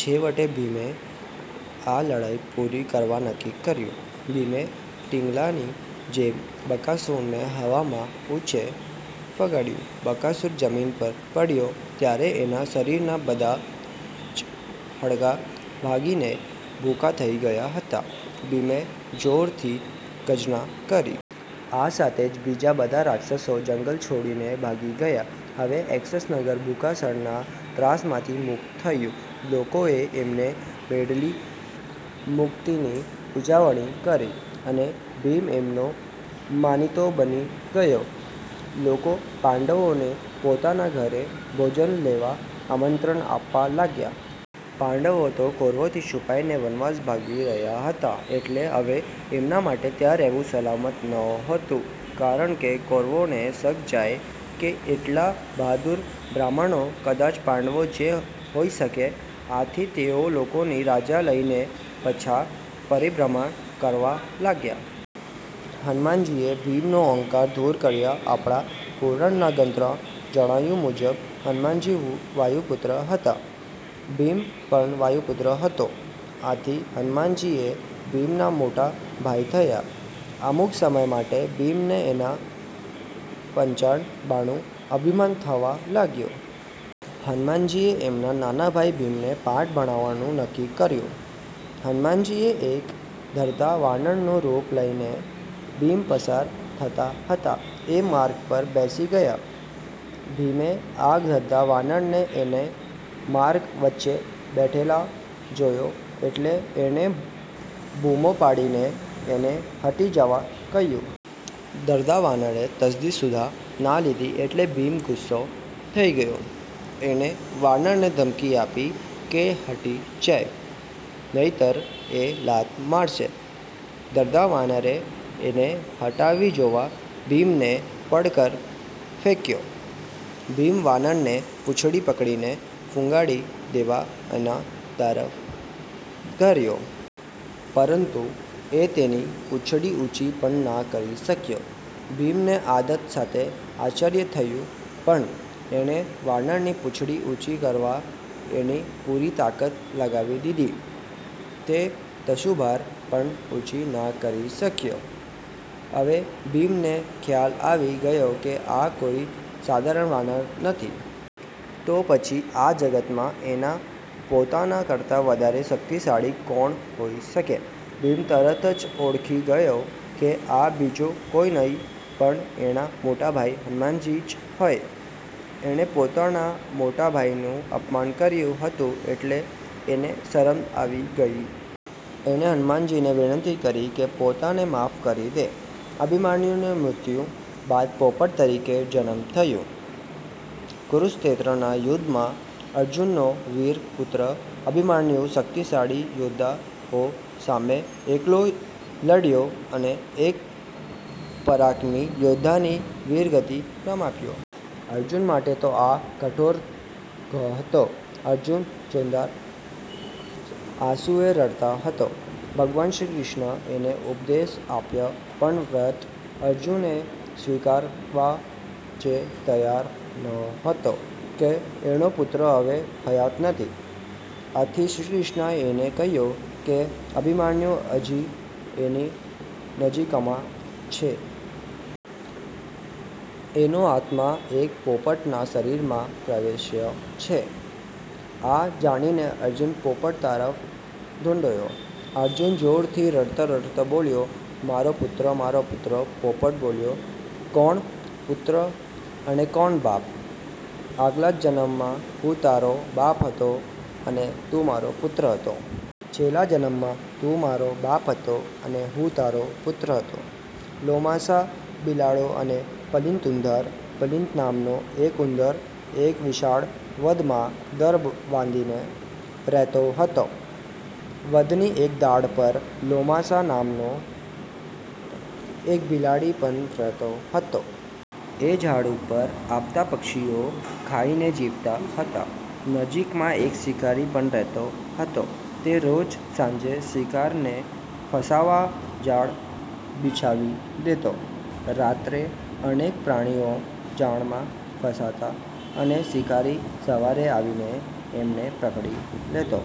છેવટે ભીમે આ લડાઈ પૂરી કરવા નક્કી કર્યું. ભીમે ઢીંગલાની જેમ બકાસુરને હવામાં ઉંચે। ફંગોળ્યો. બકાસુર જમીન પર પડ્યો ત્યારે એના શરીરના બધા જ હાડકાં ભાંગીને ભુક્કો થઇ ગયા હતા. ભીમે જોરથી ગર્જના કરી. આ સાથે જ બીજા બધા રાક્ષસો જંગલ છોડીને ભાગી ગયા. હવે એકચક્ર નગર બકાસુરના ત્રાસમાંથી મુક્ત થયું. લોકોએ એમને મળેલી મુક્તિની ઉજવણી કરી અને ભીમ એમનો માનીતો બની ગયો. લોકો પાંડવોને પોતાના ઘરે ભોજન લેવા આમંત્રણ આપવા લાગ્યા. પાંડવો તો કૌરવોથી છુપાઈને વનવાસ ભોગવી રહ્યા હતા એટલે હવે એમના માટે ત્યાં રહેવું સલામત નહોતું કારણકે કૌરવોને શક જાય કે આટલા બહાદુર બ્રાહ્મણો કદાચ પાંડવો જ હોઈ શકે. આથી તેઓ લોકોની રજા લઈને પાછા પરિભ્રમણ કરવા લાગ્યા. હનુમાનજીએ ભીમનો અહંકાર દુર કર્યો આપણા પુરાણા ગ્રંથોમાં જણાવ્યા મુજબ હનુમાનજી વાયુપુત્ર હતા. ભીમ પણ વાયુપુત્ર હતો. આથી હનુમાનજી એ ભીમના મોટા ભાઈ થયા. અમુક સમય માટે ભીમને એના પ્રચંડ બળનું અભિમાન થવા લાગ્યું. હનુમાનજીએ એમના નાના ભાઈ ભીમને પાઠ ભણાવવાનું નક્કી કર્યું. હનુમાનજી એક ઘરડા વાનરનું રૂપ લઈને ભીમ પસાર થતો હતો એ માર્ગ પર બેસી ગયા. ભીમે આ ઘરડા વાનરને એના માર્ગ વચ્ચે બેઠેલો જોયો એટલે એણે બુમો પાડીને એને હટી જવા કહ્યું. ઘરડા વાનરે તસ્દી સુધ્ધાં ન લીધી એટલે ભીમ ગુસ્સે થઇ ગયો. એણે વાનરને ધમકી આપી કે તે હટી જાય નહીંતર એ લાત મારશે. ઘરડા વાનરે એને હટાવી જોવા ભીમને પડકાર ફેંક્યો. ભીમ વાનરને પૂંછડી પકડીને ફંગોળી દેવા એના તરફ ધસ્યો. પરંતુ... એ તેની પૂંછડી ઉંચી પણ ન કરી શક્યો! ભીમને આઘાત સાથે આશ્ચર્ય થયું પણ એણે વાનરની પૂંછડી ઉંચી કરવા એની પૂરી તાકાત લગાવી દીધી. તે તસુભાર પણ ઉંચી ન કરી શક્યો! હવે ભીમને ખ્યાલ આવી ગયો કે આ કોઈ સાધારણ વાનર નથી. તો પછી આ જગતમાં એના પોતાના કરતાં વધારે શક્તિશાળી કોણ હોઈ શકે? ભીમ તરત જ ઓળખી ગયો કે આ બીજું કોઈ નહીં પણ એના મોટા ભાઈ હનુમાનજી જ હોય. એણે પોતાના મોટા ભાઈનું અપમાન કર્યું હતું એટલે એને શરમ આવી ગઈ. એણે હનુમાનજીને વિનંતી કરી કે પોતાને માફ કરી દે. અભિમન્યુનો મૃત્યુ બાદ પોપટ તરીકે જન્મ થયો કુરુક્ષેત્રના યુદ્ધમાં અર્જુનનો વીર પુત્ર અભિમન્યુ શક્તિશાળી યોદ્ધાઓ સામે એકલો લડ્યો અને એક પરાક્રમી યોદ્ધાની વીરગતિ પામ્યો. અર્જુન માટે તો આ કઠોર ઘા હતો. અર્જુન ચોધાર આંસુએ રડતો હતો. ભગવાન શ્રીકૃષ્ણએ એને ઉપદેશ આપ્યો પણ વ્યર્થ. અર્જુન એ સ્વીકારવા જ તૈયાર નહોતો કે એનો પુત્ર હવે હયાત નથી. આથી શ્રીકૃષ્ણએ એને કહ્યું કે અભિમન્યુ હજી એની નજીકમાં જ છે. એનો આત્મા એક પોપટના શરીરમાં પ્રવેશ્યો છે. આ જાણીને અર્જુન પોપટ તરફ દોડ્યો. અર્જુન જોરથી રડતાં રડતાં બોલ્યો, "મારા પુત્ર! મારા પુત્ર! " પોપટ બોલ્યો, "કોણ પુત્ર અને કોણ બાપ? આગલા જન્મમાં હું તારો બાપ હતો અને તું મારો પુત્ર હતો. છેલ્લા જન્મમાં તું મારો બાપ હતો અને હું તારો પુત્ર હતો". લોમાસા બિલાડો અને પલિત ઉંદર પલિત નામનો એક ઉંદર એક વિશાળ વડમાં દર બાંધીને રહેતો હતો. વડની એક ડાળ પર લોમાસા નામનો એક બિલાડો પણ રહેતો હતો. એ ઝાડ ઉપર આવતા પક્ષીઓ ખાઈને જીવતો હતો. નજીકમાં એક શિકારી પણ રહેતો હતો. તે રોજ સાંજે શિકારને ફસાવવા જાળ બિછાવી દેતો. રાતે અનેક પ્રાણીઓ જાળમાં ફસાતાં અને શિકારી સવારે આવીને એમને પકડી લેતો.